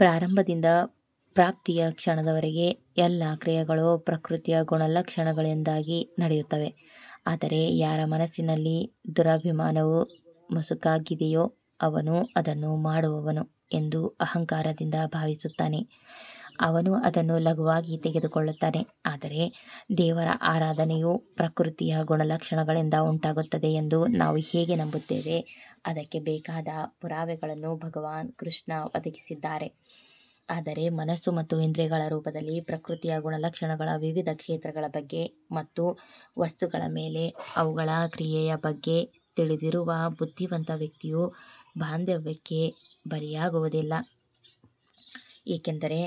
ಪ್ರಾರಂಭದಿಂದ ಪ್ರಾಪ್ತಿಯ ಕ್ಷಣದವರೆಗೆ ಎಲ್ಲಾ ಕ್ರಿಯೆಗಳು ಪ್ರಕೃತಿಯ ಗುಣಲಕ್ಷಣಗಳಿಂದಾಗಿ ನಡೆಯುತ್ತವೆ ಆದರೆ ಯಾರ ಮನಸ್ಸಿನಲ್ಲಿ ದುರಭಿಮಾನವು ಮಸುಕಾಗಿದೆಯೋ ಅವನು ಅದನ್ನು ಮಾಡುವವನು ಎಂದು ಅಹಂಕಾರದಿಂದ ಭಾವಿಸುತ್ತಾನೆ. ಅವನು ಅದನ್ನು ಲಘುವಾಗಿ ತೆಗೆದುಕೊಳ್ಳುತ್ತಾನೆ ಆದರೆ ದೇವರ ಆರಾಧನೆಯು ಪ್ರಕೃತಿಯ ಗುಣಲಕ್ಷಣಗಳಿಂದ ಉಂಟಾಗುತ್ತದೆ ಎಂದು ನಾವು ಹೇಗೆ ನಂಬುತ್ತೇವೆ ಅದಕ್ಕೆ ಬೇಕಾದ ಪುರಾವೆಗಳನ್ನು ಭಗವಾನ್ ಕೃಷ್ಣ ಒದಗಿಸಿದ್ದಾರೆ ಆದರೆ ಮನಸ್ಸು ಮತ್ತು ಇಂದ್ರಿಯಗಳ ರೂಪದಲ್ಲಿ ಪ್ರಕೃತಿಯ ಗುಣಲಕ್ಷಣಗಳ ವಿವಿಧ ಕ್ಷೇತ್ರಗಳ ಬಗ್ಗೆ ಮತ್ತು ವಸ್ತುಗಳ ಮೇಲೆ ಅವುಗಳ ಕ್ರಿಯೆಯ ಬಗ್ಗೆ ತಿಳಿದಿರುವ ಬುದ್ಧಿವಂತ ವ್ಯಕ್ತಿಯು ಬಾಂಧವ್ಯಕ್ಕೆ ಬಲಿಯಾಗುವುದಿಲ್ಲ, ಏಕೆಂದರೆ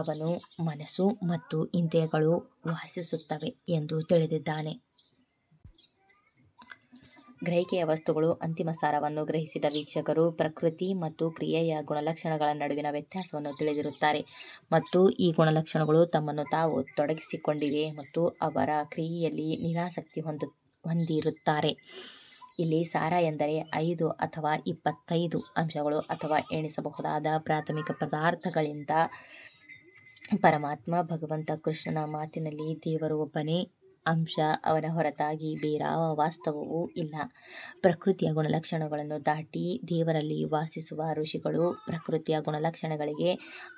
ಅವನು ಮನಸ್ಸು ಮತ್ತು ಇಂದ್ರಿಯಗಳು ವಾಸಿಸುತ್ತವೆ ಎಂದು ತಿಳಿದಿದ್ದಾನೆ. ಗ್ರಹಿಕೆಯ ವಸ್ತುಗಳು ಅಂತಿಮ ಸಾರವನ್ನು ಗ್ರಹಿಸಿದ ವೀಕ್ಷಕರು ಪ್ರಕೃತಿ ಮತ್ತು ಕ್ರಿಯೆಯ ಗುಣಲಕ್ಷಣಗಳ ನಡುವಿನ ವ್ಯತ್ಯಾಸವನ್ನು ತಿಳಿದಿರುತ್ತಾರೆ ಮತ್ತು ಈ ಗುಣಲಕ್ಷಣಗಳು ತಮ್ಮನ್ನು ತಾವು ತೊಡಗಿಸಿಕೊಂಡಿವೆ ಮತ್ತು ಅವರ ಕ್ರಿಯೆಯಲ್ಲಿ ನಿರಾಸಕ್ತಿ ಹೊಂದಿರುತ್ತಾರೆ. ಇಲ್ಲಿ ಸಾರ ಎಂದರೆ ಐದು ಅಥವಾ ಇಪ್ಪತ್ತೈದು ಅಂಶಗಳು ಅಥವಾ ಎಣಿಸಬಹುದಾದ ಪ್ರಾಥಮಿಕ ಪದಾರ್ಥಗಳಿಗಿಂತ ಪರಮಾತ್ಮ ಭಗವಂತ ಕೃಷ್ಣನ ಮಾತಿನಲ್ಲಿ ದೇವರು ಒಬ್ಬನೇ ಅಂಶ ಅವನ ಹೊರತಾಗಿ ಬೇರಾವ ವಾಸ್ತವವೂ ಇಲ್ಲ ಪ್ರಕೃತಿಯ ಗುಣಲಕ್ಷಣಗಳನ್ನು ದಾಟಿ, ದೇವರಲ್ಲಿ ವಾಸಿಸುವ ಋಷಿಗಳು ಪ್ರಕೃತಿಯ ಗುಣಲಕ್ಷಣಗಳಿಗೆ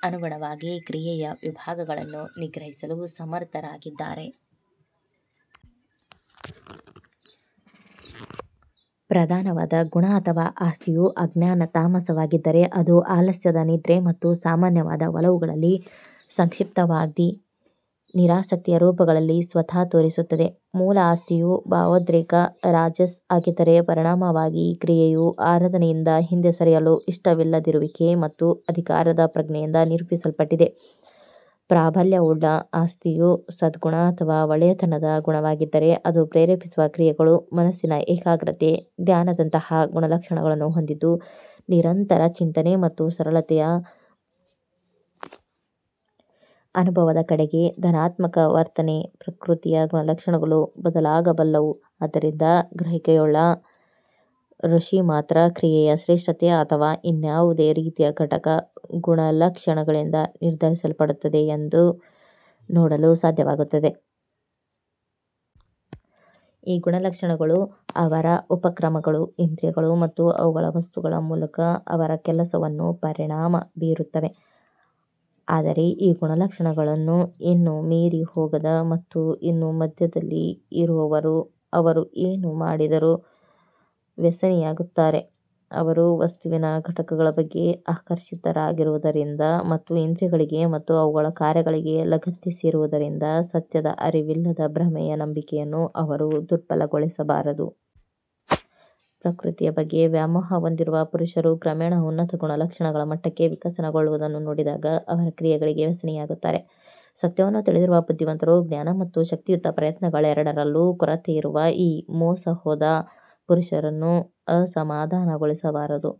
ಅನುಗುಣವಾಗಿ ಕ್ರಿಯೆಯ ವಿಭಾಗಗಳನ್ನು ಗ್ರಹಿಸಲು ಸಮರ್ಥರಾಗಿದ್ದಾರೆ. ಪ್ರಧಾನವಾದ ಗುಣ ಅಥವಾ ಆಸ್ತಿಯು ಅಜ್ಞಾನ ತಾಮಸವಾಗಿದ್ದರೆ ಅದು ಆಲಸ್ಯದ ನಿದ್ರೆ ಮತ್ತು ಸಾಮಾನ್ಯವಾದ ಒಲವುಗಳಲ್ಲಿ ಸಂಕ್ಷಿಪ್ತವಾಗಿ ನಿರಾಸಕ್ತಿಯ ರೂಪಗಳಲ್ಲಿ ಸ್ವತಃ ತೋರಿಸುತ್ತದೆ. ಮೂಲ ಆಸ್ತಿಯು ಭಾವೋದ್ರೇಕ ರಾಜಸ್ ಆಗಿದ್ದರೆ, ಪರಿಣಾಮವಾಗಿ ಕ್ರಿಯೆಯು ಆರಾಧನೆಯಿಂದ ಹಿಂದೆ ಸರಿಯಲು ಇಷ್ಟವಿಲ್ಲದಿರುವಿಕೆ ಮತ್ತು ಅಧಿಕಾರದ ಪ್ರಜ್ಞೆಯಿಂದ ನಿರೂಪಿಸಲ್ಪಟ್ಟಿದೆ. ಪ್ರಾಬಲ್ಯವುಳ್ಳ ಆಸ್ತಿಯು ಸದ್ಗುಣ ಅಥವಾ ಒಳ್ಳೆಯತನದ ಗುಣವಾಗಿದ್ದರೆ ಅದು ಪ್ರೇರೇಪಿಸುವ ಕ್ರಿಯೆಗಳು ಮನಸ್ಸಿನ ಏಕಾಗ್ರತೆ ಧ್ಯಾನದಂತಹ ಗುಣಲಕ್ಷಣಗಳನ್ನು ಹೊಂದಿದ್ದು ನಿರಂತರ ಚಿಂತನೆ ಮತ್ತು ಸರಳತೆಯ ಅನುಭವದ ಕಡೆಗೆ ಧನಾತ್ಮಕ ವರ್ತನೆ ಪ್ರಕೃತಿಯ ಗುಣಲಕ್ಷಣಗಳು ಬದಲಾಗಬಲ್ಲವು ಆದ್ದರಿಂದ ಗ್ರಹಿಕೆಯುಳ್ಳ ಋಷಿ ಮಾತ್ರ ಕ್ರಿಯೆಯ ಶ್ರೇಷ್ಠತೆ ಅಥವಾ ಇನ್ಯಾವುದೇ ರೀತಿಯಲ್ಲಿ ಘಟಕ ಗುಣಲಕ್ಷಣಗಳಿಂದ ನಿರ್ಧರಿಸಲ್ಪಡುತ್ತದೆ ಎಂದು ನೋಡಲು ಸಾಧ್ಯವಾಗುತ್ತದೆ. ಈ ಗುಣಲಕ್ಷಣಗಳು ಅವರ ಉಪಕರಣಗಳು ಇಂದ್ರಿಯಗಳು ಮತ್ತು ಅವುಗಳ ವಸ್ತುಗಳ ಮೂಲಕ ಅವರ ಕೆಲಸವನ್ನು ಪರಿಣಾಮ ಬೀರುತ್ತವೆ ಆದರೆ ಈ ಗುಣಲಕ್ಷಣಗಳನ್ನು ಇನ್ನೂ ಮೀರಿ ಹೋಗದ ಮತ್ತು ಇನ್ನೂ ಮಧ್ಯದಲ್ಲಿ ಇರುವವರು ಅವರು ಏನು ಮಾಡಿದರೂ ವ್ಯಸನಿಯಾಗುತ್ತಾರೆ ಅವರು ವಸ್ತುವಿನ ಘಟಕಗಳ ಬಗ್ಗೆ ಆಕರ್ಷಿತರಾಗಿರುವುದರಿಂದ ಮತ್ತು ಇಂದ್ರಿಯಗಳಿಗೆ ಮತ್ತು ಅವುಗಳ ಕಾರ್ಯಗಳಿಗೆ ಲಗತ್ತಿಸಿರುವುದರಿಂದ ಸತ್ಯದ ಅರಿವಿಲ್ಲದ ಭ್ರಮೆಯ ನಂಬಿಕೆಯನ್ನು ಅವರು ದುರ್ಬಲಗೊಳಿಸಬಾರದು. ಪ್ರಕೃತಿಯ ಬಗ್ಗೆ ವ್ಯಾಮೋಹ ಹೊಂದಿರುವ ಪುರುಷರು ಕ್ರಮೇಣ ಉನ್ನತ ಗುಣಲಕ್ಷಣಗಳ ಮಟ್ಟಕ್ಕೆ ವಿಕಸನಗೊಳ್ಳುವುದನ್ನು ನೋಡಿದಾಗ ಅವರ ಕ್ರಿಯೆಗಳಿಗೆ ವ್ಯಸನಿಯಾಗುತ್ತಾರೆ. ಸತ್ಯವನ್ನು ತಿಳಿದಿರುವ ಬುದ್ಧಿವಂತರು ಜ್ಞಾನ ಮತ್ತು ಶಕ್ತಿಯುತ ಪ್ರಯತ್ನಗಳೆರಡರಲ್ಲೂ ಕೊರತೆಯಿರುವ ಈ ಮೋಸಹೋದ ಪುರುಷರನ್ನು ಅಸಮಾಧಾನಗೊಳಿಸಬಾರದು.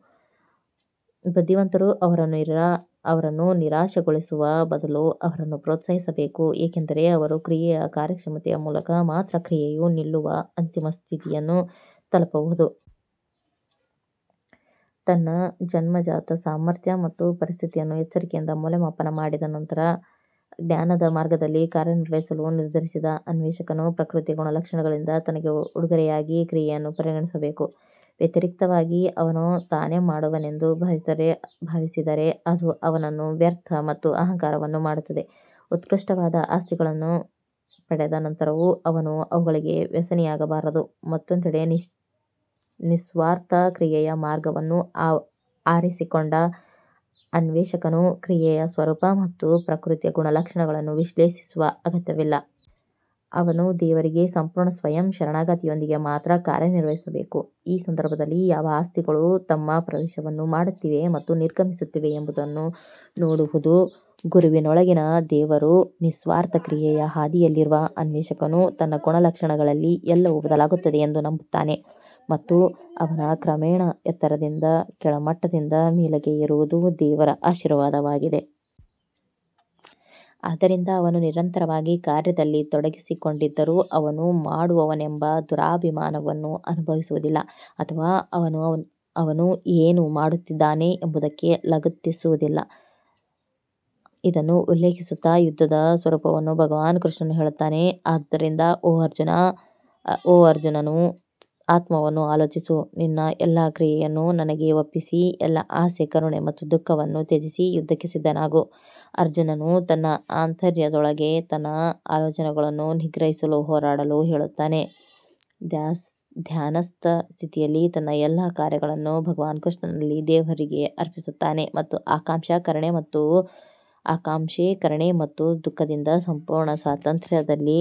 ಬುದ್ಧಿವಂತರು ಅವರನ್ನು ನಿರಾಶೆಗೊಳಿಸುವ ಬದಲು ಅವರನ್ನು ಪ್ರೋತ್ಸಾಹಿಸಬೇಕು ಏಕೆಂದರೆ ಅವರು ಕ್ರಿಯೆಯ ಕಾರ್ಯಕ್ಷಮತೆಯ ಮೂಲಕ ಮಾತ್ರ ಕ್ರಿಯೆಯು ನಿಲ್ಲುವ ಅಂತಿಮ ಸ್ಥಿತಿಯನ್ನು ತಲುಪಬಹುದು. ತನ್ನ ಜನ್ಮಜಾತ ಸಾಮರ್ಥ್ಯ ಮತ್ತು ಪರಿಸ್ಥಿತಿಯನ್ನು ಎಚ್ಚರಿಕೆಯಿಂದ ಮೌಲ್ಯಮಾಪನ ಮಾಡಿದ ನಂತರ ಜ್ಞಾನದ ಮಾರ್ಗದಲ್ಲಿ ಕಾರ್ಯನಿರ್ವಹಿಸಲು ನಿರ್ಧರಿಸಿದ ಅನ್ವೇಷಕನು ಪ್ರಕೃತಿಯ ಗುಣಲಕ್ಷಣಗಳಿಂದ ತನಗೆ ಉಡುಗೊರೆಯಾಗಿ ಕ್ರಿಯೆಯನ್ನು ಪರಿಗಣಿಸಬೇಕು. ವ್ಯತಿರಿಕ್ತವಾಗಿ ಅವನು ತಾನೇ ಮಾಡುವವನೆಂದು ಭಾವಿಸಿದರೆ ಅದು ಅವನನ್ನು ವ್ಯರ್ಥ ಮತ್ತು ಅಹಂಕಾರವನ್ನು ಮಾಡುತ್ತದೆ. ಉತ್ಕೃಷ್ಟವಾದ ಆಸ್ತಿಗಳನ್ನು ಪಡೆದ ನಂತರವೂ ಅವನು ಅವುಗಳಿಗೆ ವ್ಯಸನಿಯಾಗಬಾರದು ಮತ್ತೊಂದೆಡೆ ನಿಸ್ವಾರ್ಥ ಕ್ರಿಯೆಯ ಮಾರ್ಗವನ್ನು ಆರಿಸಿಕೊಂಡ ಅನ್ವೇಷಕನು ಕ್ರಿಯೆಯ ಸ್ವರೂಪ ಮತ್ತು ಪ್ರಕೃತಿಯ ಗುಣಲಕ್ಷಣಗಳನ್ನು ವಿಶ್ಲೇಷಿಸುವ ಅಗತ್ಯವಿಲ್ಲ. ಅವನು ದೇವರಿಗೆ ಸಂಪೂರ್ಣ ಸ್ವಯಂ ಶರಣಾಗತಿಯೊಂದಿಗೆ ಮಾತ್ರ ಕಾರ್ಯನಿರ್ವಹಿಸಬೇಕು ಈ ಸಂದರ್ಭದಲ್ಲಿ ಯಾವ ಆಸ್ತಿಗಳು ತಮ್ಮ ಪ್ರವೇಶವನ್ನು ಮಾಡುತ್ತಿವೆ ಮತ್ತು ನಿರ್ಗಮಿಸುತ್ತಿವೆ ಎಂಬುದನ್ನು ನೋಡುವುದು ಗುರುವಿನೊಳಗಿನ ದೇವರು ನಿಸ್ವಾರ್ಥ ಕ್ರಿಯೆಯ ಹಾದಿಯಲ್ಲಿರುವ ಅನ್ವೇಷಕನು ತನ್ನ ಗುಣಲಕ್ಷಣಗಳಲ್ಲಿ ಎಲ್ಲವೂ ಬದಲಾಗುತ್ತದೆ ಎಂದು ನಂಬುತ್ತಾನೆ ಮತ್ತು ಅವನ ಕ್ರಮೇಣ ಎತ್ತರದಿಂದ ಕೆಳಮಟ್ಟದಿಂದ ಮೇಲಕ್ಕೆ ಏರುವುದು ದೇವರ ಆಶೀರ್ವಾದವಾಗಿದೆ. ಆದ್ದರಿಂದ ಅವನು ನಿರಂತರವಾಗಿ ಕಾರ್ಯದಲ್ಲಿ ತೊಡಗಿಸಿಕೊಂಡಿದ್ದರೂ ಅವನು ಮಾಡುವವನೆಂಬ ದುರಭಿಮಾನವನ್ನು ಅನುಭವಿಸುವುದಿಲ್ಲ ಅಥವಾ ಅವನು ಏನು ಮಾಡುತ್ತಿದ್ದಾನೆ ಎಂಬುದಕ್ಕೆ ಲಗತ್ತಿಸುವುದಿಲ್ಲ. ಇದನ್ನು ಉಲ್ಲೇಖಿಸುತ್ತಾ ಯುದ್ಧದ ಸ್ವರೂಪವನ್ನು ಭಗವಾನ್ ಕೃಷ್ಣನು ಹೇಳುತ್ತಾನೆ ಆದುದರಿಂದ ಓ ಅರ್ಜುನನು ಆತ್ಮವನ್ನು ಆಲೋಚಿಸು ನಿನ್ನ ಎಲ್ಲಾ ಕ್ರಿಯೆಯನ್ನು ನನಗೆ ಒಪ್ಪಿಸಿ ಎಲ್ಲಾ ಆಸೆ ಕರುಣೆ ಮತ್ತು ದುಃಖವನ್ನು ತ್ಯಜಿಸಿ ಯುದ್ಧಕ್ಕೆ ಸಿದ್ಧನಾಗು ಅರ್ಜುನನು ತನ್ನ ಆಂತರ್ಯದೊಳಗೆ ತನ್ನ ಆಲೋಚನೆಗಳನ್ನು ನಿಗ್ರಹಿಸಲು ಹೋರಾಡಲು ಹೇಳುತ್ತಾನೆ ಧ್ಯಾನಸ್ಥ ಸ್ಥಿತಿಯಲ್ಲಿ ತನ್ನ ಎಲ್ಲಾ ಕಾರ್ಯಗಳನ್ನು ಭಗವಾನ್ ಕೃಷ್ಣನಲ್ಲಿ ದೇವರಿಗೆ ಅರ್ಪಿಸುತ್ತಾನೆ ಮತ್ತು ಆಕಾಂಕ್ಷೆ ಕರುಣೆ ಮತ್ತು ದುಃಖದಿಂದ ಸಂಪೂರ್ಣ ಸ್ವಾತಂತ್ರ್ಯದಲ್ಲಿ.